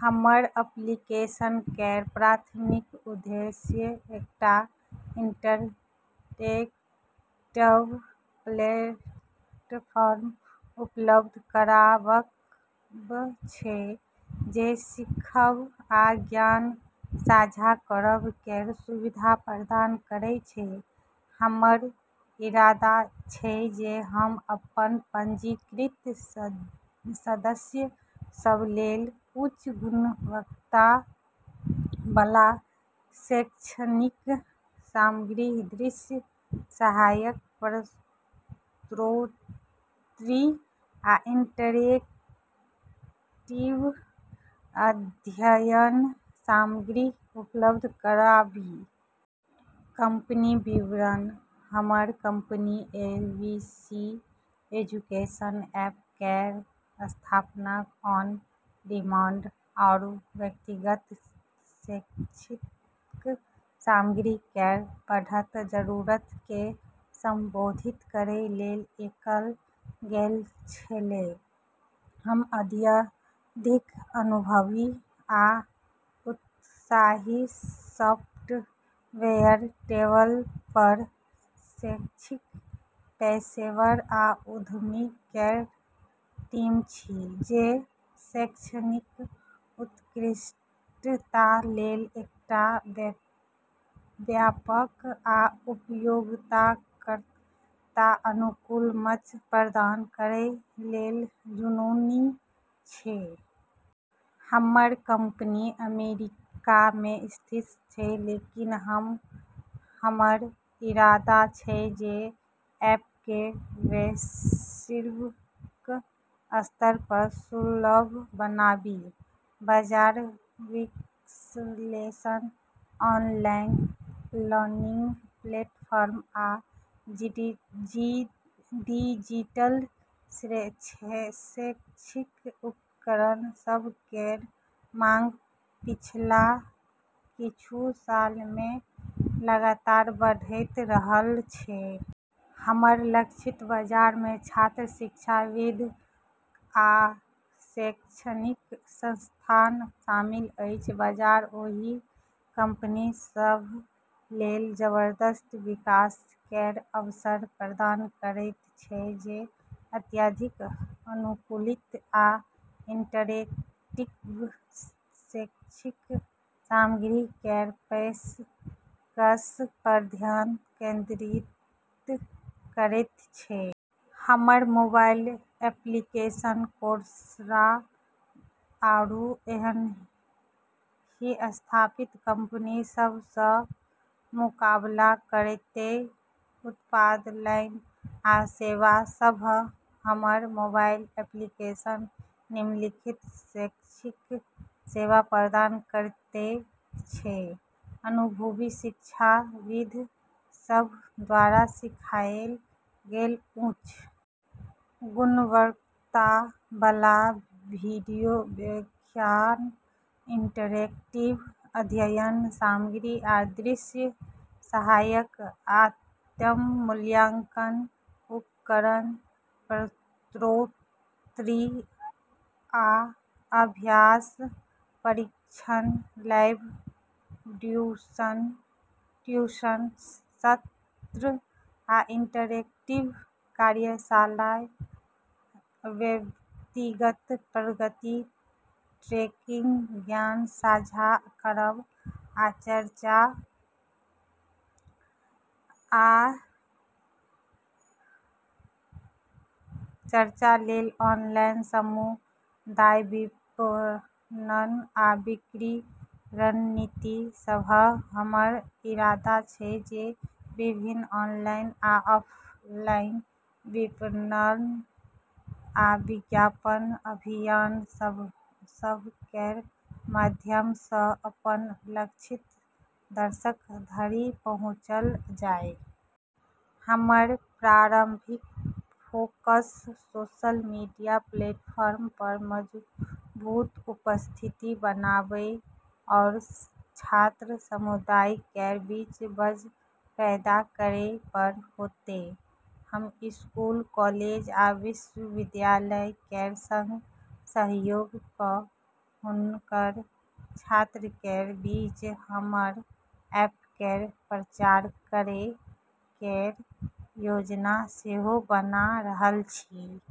हमर एप्लीकेशन केर प्राथमिक उद्देश्य एकटा इंटरैक्टिव प्लेटफॉर्म उपलब्ध कराबब छै जे सिखब आ ज्ञान-साझा करब केर सुविधा प्रदान करै छै। हमर इरादा छै जे हम अपन पंजीकृत सदस्य सभ लेल उच्च गुणवत्ता बला शैक्षणिक सामग्री, दृश्य सहायक, प्रश्नोत्तरी, आ इंटरैक्टिव अध्ययन सामग्री उपलब्ध कराबी। कंपनी विवरण: हमर कंपनी, एबीसी एजुकेशन ऐप, केर स्थापना ऑन-डिमांड आरू व्यक्तिगत शैक्षिक सामग्री केर बढ़त जरूरत केँ संबोधित करै लेल कएल गेल छेलै। हम अत्यधिक अनुभवी आ उत्साही सॉफ्टवेयर डेवलपर, शैक्षिक पेशेवर, आ उद्यमी केर टीम छी जे शैक्षणिक उत्कृष्टता लेल एकटा व्यापक आ उपयोगकर्ता-अनुकूल मंच प्रदान करै लेल जुनूनी छै। हमर कंपनी अमेरिका मे स्थित छै, लेकिन हमर इरादा छै जे ऐप केँ वैश्विक स्तर पर सुलभ बनाबी। बाजार विश्लेषण: ऑनलाइन लर्निंग प्लेटफॉर्म आ डिजिटल शैक्षिक उपकरण सभ केर माँग पिछला किछु साल मे लगातार बढ़ैत रहल छै। हमर लक्षित बाजार मे छात्र, शिक्षाविद, आ शैक्षणिक संस्थान शामिल अछि। बाजार ओहि कंपनी सभ लेल जबरदस्त विकास केर अवसर प्रदान करैत छै जे अत्यधिक अनुकूलित आ इंटरैक्टिव शैक्षिक सामग्री केर पेशकश पर ध्यान केंद्रित करैत छै। हमर मोबाइल एप्लीकेशन कोर्सरा, आरू एहनहि स्थापित कंपनी सभ सँ मुकाबला करतै। उत्पाद लाइन आ सेवा सभ: हमर मोबाइल एप्लीकेशन निम्नलिखित शैक्षिक सेवा प्रदान करैत छै: अनुभवी शिक्षाविद सभ द्वारा सिखाएल गेल उच्च गुणवत्ता बला वीडियो व्याख्यान - इंटरैक्टिव अध्ययन सामग्री आ दृश्य सहायक- आत्म-मूल्यांकन उपकरण, प्रश्नोत्तरी, आ अभ्यास परीक्षण- लाइव ट्यूशन सत्र आ इंटरैक्टिव कार्यशाला - व्यक्तिगत प्रगति ट्रैकिंग- ज्ञान-साझा करब आ चर्चा लेल ऑनलाइन समुदाय- विपणन आ बिक्री रणनीति सभ: हमर इरादा छै जे विभिन्न ऑनलाइन आ ऑफलाइन विपणन आ विज्ञापन अभियान सभ केर माध्यम सँ अपन लक्षित दर्शक धरि पहुँचल जाय। हमर प्रारंभिक फोकस सोशल मीडिया प्लेटफॉर्म पर मजबूत उपस्थिति बनाबै आरू छात्र समुदाय केर बीच बज़ पैदा करै पर होतै। हम स्कूल, कॉलेज, आ विश्वविद्यालय केर संग सहयोग कऽ हुनकर छात्र केर बीच हमर ऐप केर प्रचार करै केर योजना सेहो बना रहल छी।